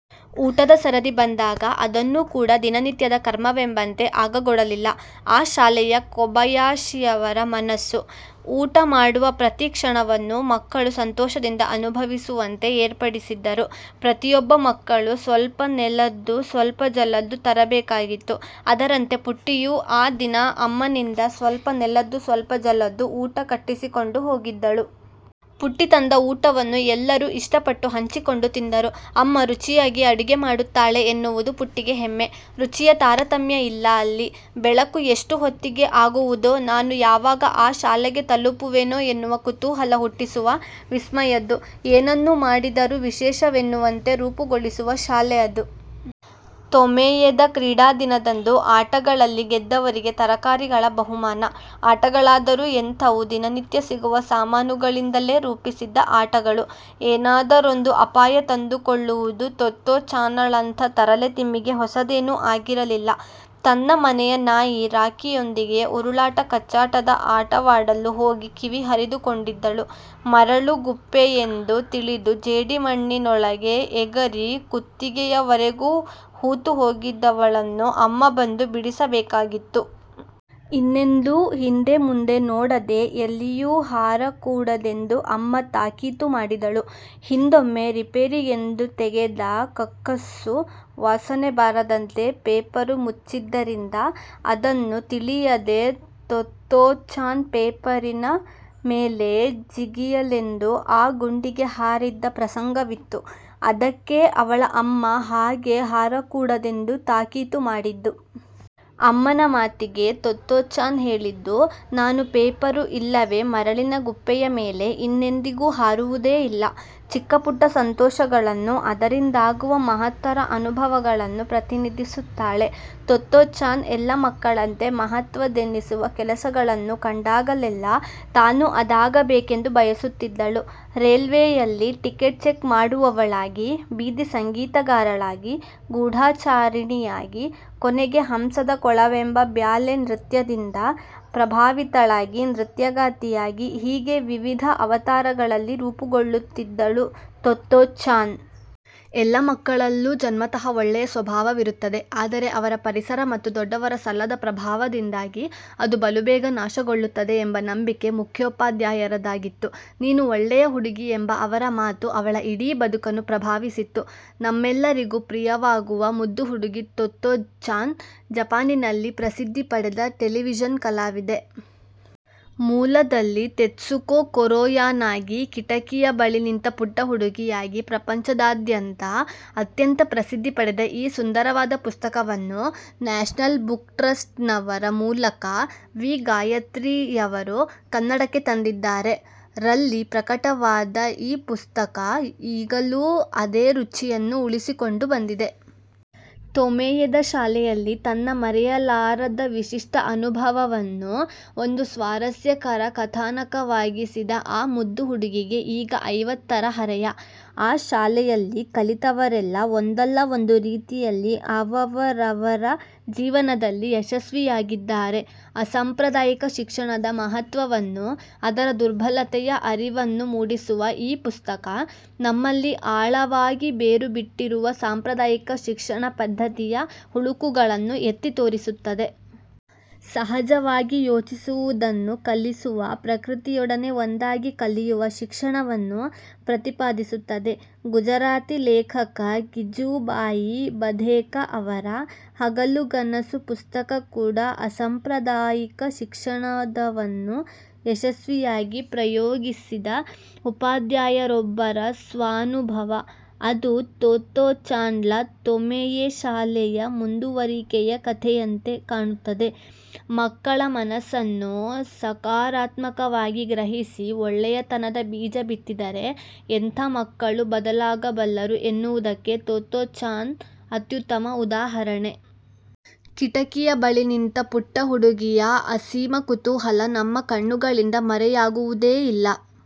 ಊಟದ ಸರದಿ ಬಂದಾಗ ಅದನ್ನು ಕೂಡ ದಿನ ನಿತ್ಯದ ಕರ್ಮವೆಂಬಂತೆ ಆಗಗೊಡಲಿಲ್ಲ ಆ ಶಾಲೆಯ ಕೊಬಯಾಶಿಯವರ ಮನಸ್ಸು. ಊಟ ಮಾಡುವ ಪ್ರತಿ ಕ್ಷಣವನ್ನು ಮಕ್ಕಳು ಸಂತೋಷದಿಂದ ಅನುಭವಿಸುವಂತೆ ಏರ್ಪಡಿಸಿದ್ದರು. ಪ್ರತಿಯೊಬ್ಬ ಮಕ್ಕಳು "ಸ್ವಲ್ಪ ನೆಲದ್ದು, ಸ್ವಲ್ಪ ಜಲದ್ದು" ತರಬೇಕಾಗಿತ್ತು. ಅದರಂತೆ ಪುಟ್ಟಿಯೂ ಆ ದಿನ ಅಮ್ಮನಿಂದ 'ಸ್ವಲ್ಪ ನೆಲದ್ದು, ಸ್ವಲ್ಪ ಜಲದ್ದು' ಊಟ ಕಟ್ಟಿಸಿಕೊಂಡು ಹೋಗಿದ್ದಳು. ಪುಟ್ಟಿ ತಂದ ಊಟವನ್ನು ಎಲ್ಲರು ಇಷ್ಟಪಟ್ಟು ಹಂಚಿಕೊಂಡು ತಿಂದರು. ಅಮ್ಮ ರುಚಿಯಾಗಿ ಅಡುಗೆ ಮಾಡುತ್ತಾಳೆ ಎನ್ನುವುದು ಪುಟ್ಟಿಗೆ ಹೆಮ್ಮೆ. ರುಚಿಯ ತಾರತಮ್ಯ ಇಲ್ಲ ಅಲ್ಲಿ. ಬೆಳಕು ಎಷ್ಟು ಹೊತ್ತಿಗೆ ಆಗುವುದೋ ನಾನು ಯಾವಾಗ ಆ ಶಾಲೆಗೆ ತಲುಪುವೆನೋ ಎನ್ನುವ ಕುತೂಹಲ ಹುಟ್ಟಿಸುವ 'ವಿಸ್ಮಯ'ದ್ದು. ಏನನ್ನು ಮಾಡಿದರು ವಿಶೇಷವೆನ್ನುವಂತೆ ರೂಪುಗೊಳಿಸುವ ಶಾಲೆ ಅದು. ತೊಮೆಯೆದ ಕ್ರೀಡಾದಿನದಂದು ಅಟಗಳಲ್ಲಿ ಗೆದ್ದವರಿಗೆ ತರಕಾರಿಗಳ ಬಹುಮಾನ. ಆಟಗಳಾದರು ಎಂಥವು ದಿನನಿತ್ಯ ಸಿಗುವ ಸಾಮಾನುಗಳಿಂದಲೇ ರೂಪಿಸಿದ್ದ ಆಟಗಳು. ಏನಾದರೊಂದು ಅಪಾಯ ತಂದುಕೊಳ್ಳುವುದು ತೊತ್ತೋ-ಚಾನಳಂಥ ತರಲೆ ತಿಮ್ಮಿಗೆ ಹೊಸದೇನು ಆಗಿರಲಿಲ್ಲ. ತನ್ನ ಮನೆಯ ನಾಯಿ ರಾಕಿಯೊಂದಿಗೆ ಉರುಳಾಟ ಕಚ್ಚಾಟದ ಆಟವಾಡಲು ಹೋಗಿ ಕಿವಿ ಹರಿದುಕೊಂಡಿದ್ದಳು. ಮರಳು ಗುಪ್ಪೆಯೆಂದು ತಿಳಿದು ಜೇಡಿ ಮಣ್ಣಿನೊಳಗೆ ಎಗರಿ ಕುತ್ತಿಗೆಯವರೆಗು ಹೂತು ಹೋಗಿದ್ದವಳನ್ನು ಅಮ್ಮ ಬಂದು ಬಿಡಿಸಬೇಕಾಗಿತ್ತು. ಇನ್ನೆಂದೂ ಹಿಂದೆ ಮುಂದೆ ನೋಡದೆ ಎಲ್ಲಿಯೂ ಹಾರಕೂಡದೆಂದು ಅಮ್ಮ ತಾಕೀತು ಮಾಡಿದಳು. ಹಿಂದೊಮ್ಮೆ ರಿಪೇರಿಗೆಂದು ತೆಗೆದ ಕಕ್ಕಸ್ಸು ವಾಸನೆ ಬಾರದಂತೆ ಪೇಪರು ಮುಚ್ಚಿದ್ದರಿಂದ ಅದನ್ನು ತಿಳಿಯದೆ ತೊತ್ತೋ-ಚಾನ್ ಪೇಪರಿನ ಮೇಲೆ ಜಿಗಿಯಲೆಂದು ಆ ಗುಂಡಿಗೆ ಹಾರಿದ್ದ ಪ್ರಸಂಗವಿತ್ತು. ಅದಕ್ಕೇ ಅವಳ ಅಮ್ಮ ಹಾಗೆ ಹಾರಕೂಡದೆಂದು ತಾಕೀತು ಮಾಡಿದ್ದು. ಅಮ್ಮನ ಮಾತಿಗೆ ತೊತ್ತೋ-ಚಾನ್ ಹೇಳಿದ್ದು: ನಾನು ಪೇಪರು ಇಲ್ಲವೇ ಮರಳಿನ ಗುಪ್ಪೆಯ ಮೇಲೆ ಇನ್ನೆಂದಿಗೂ ಹಾರುವುದೇ ಇಲ್ಲ. ಚಿಕ್ಕ ಪುಟ್ಟ ಸಂತೋಷಗಳನ್ನು, ಅದರಿಂದಾಗುವ ಮಹತ್ತರ ಅನುಭವಗಳನ್ನು ಪ್ರತಿನಿಧಿಸುತ್ತಾಳೆ ತೊತ್ತೋ-ಚಾನ್ ಎಲ್ಲ ಮಕ್ಕಳಂತೆ ಮಹತ್ವದೆನ್ನಿಸುವ ಕೆಲಸ ಗಳನ್ನು ಕಂಡಾಗಲೆಲ್ಲ ತಾನು ಅದಾಗಬೇಕೆಂದು ಬಯಸುತ್ತಿದ್ದಳು. ರೇಲ್ವೆಯಲ್ಲಿ ಟಿಕೆಟ್ ಚೆಕ್ ಮಾಡುವವಳಾಗಿ, ಬೀದಿ ಸಂಗೀತಗಾರಳಾಗಿ, ಗೂಢಾಚಾರಿಣಿಯಾಗಿ, ಕೊನೆಗೆ 'ಹಂಸದ ಕೊಳ'ವೆಂಬ ಬ್ಯಾಲೆ ನೃತ್ಯದಿಂದ ಪ್ರಭಾವಿತಳಾಗಿ ನೃತ್ಯಗಾತಿಯಾಗಿ-ಹೀಗೆ ವಿವಿಧ ಅವತಾರಗಳಲ್ಲಿ ರೂಪುಗೊಳ್ಳುತ್ತಿದ್ದಳು ತೊತ್ತೋ-ಚಾನ್. ಎಲ್ಲ ಮಕ್ಕಳಲ್ಲೂ ಜನ್ಮತಃ ಒಳ್ಳೆಯ ಸ್ವಭಾವವಿರುತ್ತದೆ. ಆದರೆ ಅವರ ಪರಿಸರ ಮತ್ತು ದೊಡ್ಡವರ ಸಲ್ಲದ ಪ್ರಭಾವದಿಂದಾಗಿ ಅದು ಬಲುಬೇಗ ನಾಶಗೊಳ್ಳುತ್ತದೆ ಎಂಬ ನಂಬಿಕೆ ಮುಖ್ಯೋಪಾಧ್ಯಾಯರ ದಾಗಿತ್ತು. "ನೀನು ಒಳ್ಳೆಯ ಹುಡುಗಿ" ಎಂಬ ಅವರ ಮಾತು ಅವಳ ಇಡೀ ಬದುಕನ್ನು ಪ್ರಭಾವಿಸಿತ್ತು. ನಮ್ಮೆಲ್ಲರಿಗು ಪ್ರಿಯವಾಗುವ ಮುದ್ದು ಹುಡುಗಿ ತೊತ್ತೋ-ಚಾನ್ ಜಪಾನಿನಲ್ಲಿ ಪ್ರಸಿದ್ದಿ ಪಡೆದ ಟೆಲಿವಿಷನ್ ಕಲಾವಿದೆ. ಮೂಲದಲ್ಲಿ "ತೆತ್ಸುಕೊ ಕೊರೊಯಾನಾಗಿ"- 'ಕಿಟಕಿಯ ಬಳಿ ನಿಂತ ಪುಟ್ಟ ಹುಡುಗಿ' ಯಾಗಿ ಪ್ರಪಂಚಾದ್ಯಂತ ಅತ್ಯಂತ ಪ್ರಸಿದ್ದಿ ಪಡೆದ ಈ ಸುಂದರವಾದ ಪುಸ್ತಕವನ್ನು ನ್ಯಾಷನಲ್ ಬುಕ್ಟ್ರಸ್ಟ್ನವರ ಮೂಲಕ ವಿ. ಗಾಯತ್ರಿ ಯವರು ಕನ್ನಡಕ್ಕೆ ತಂದಿದ್ದಾರೆ. ರಲ್ಲಿ ಪ್ರಕಟವಾದ ಈ ಪುಸ್ತಕ ಈಗಲೂ ಅದೇ ರುಚಿಯನ್ನು ಉಳಿಸಿಕೊಂಡು ಬಂದಿದೆ. ತೊಮೆಯೆದ ಶಾಲೆಯಲ್ಲಿ ತನ್ನ ಮರೆಯಲಾರದ ವಿಶಿಷ್ಟ ಅನುಭವವನ್ನು ಒಂದು ಸ್ವಾರಸ್ಯಕರ ಕಥಾನಕವಾಗಿಸಿದ ಆ ಮುದ್ದು ಹುಡುಗಿಗೆ ಈಗ ಐವತ್ತರ ಹರೆಯ. ಆ ಶಾಲೆಯಲ್ಲಿ ಕಲಿತವರೆಲ್ಲ ಒಂದಲ್ಲ ಒಂದು ರೀತಿಯಲ್ಲಿ ಅವವರವರ ಜೀವನದಲ್ಲಿ ಯಶಸ್ವಿಯಾಗಿದ್ದಾರೆ. ಅಸಂಪ್ರದಾಯಿಕ ಶಿಕ್ಷಣದ ಮಹತ್ವವನ್ನು ಅದರ ದುರ್ಲಭತೆಯ ಅರಿವನ್ನು ಮೂಡಿಸುವ ಈ ಪುಸ್ತಕ, ನಮ್ಮಲ್ಲಿ ಆಳವಾಗಿ ಬೇರು ಬಿಟ್ಟಿರುವ ಸಾಂಪ್ರದಾಯಿಕ ಶಿಕ್ಷಣ ಪದ್ದತಿಯ ಹುಳುಕುಗಳನ್ನು ಎತ್ತಿತೋರಿಸುತ್ತದೆ. ಸಹಜವಾಗಿ ಯೋಚಿಸುವುದನ್ನು ಕಲಿಸುವ, ಪ್ರಕೃತಿಯೊಡನೆ ಒಂದಾಗಿ ಕಲಿಯುವ ಶಿಕ್ಷಣವನ್ನು ಪ್ರತಿಪಾದಿಸುತ್ತದೆ. ಗುಜರಾತಿ ಲೇಖಕ ಗೀಜೂಬಾಯಿ ಬಧೇಕ ಅವರ 'ಹಗಲುಗನಸು' ಪುಸ್ತಕ ಕೂಡ ಅಸಂಪ್ರದಾಯಿಕ ಶಿಕ್ಷಣದವನ್ನು ಯಶಸ್ವಿಯಾಗಿ ಪ್ರಯೋಗಿಸಿದ ಉಪಾಧ್ಯಾಯರೊಬ್ಬರ ಸ್ವಾನುಭವ. ಅದು ತೊತ್ತೋ-ಚಾನ್ಳ ತೊಮೆಯೆ ಶಾಲೆಯ ಮುಂದುವರಿಕೆಯ ಕಥೆಯಂತೆ ಕಾಣುತ್ತದೆ. ಮಕ್ಕಳ ಮನಸ್ಸನ್ನು ಸಕಾರಾತ್ಮಕವಾಗಿ ಗ್ರಹಿಸಿ ಒಳ್ಳೆಯತನದ ಬೀಜ ಬಿತ್ತಿದರೆ ಎಂಥ ಮಕ್ಕಳು ಬದಲಾಗಬಲ್ಲರು ಎನ್ನುವುದಕ್ಕೆ ತೊತ್ತೋ-ಚಾನ್ ಅತ್ಯುತ್ತಮ ಉದಾಹರಣೆ. 'ಕಿಟಕಿಯ ಬಳಿ ನಿಂತ ಪುಟ್ಟ ಹುಡುಗಿಯ' ಅಸೀಮ ಕುತೂಹಲ ನಮ್ಮ ಕಣ್ಣುಗಳಿಂದ ಮರೆಯಾಗುವುದೇ ಇಲ್ಲ.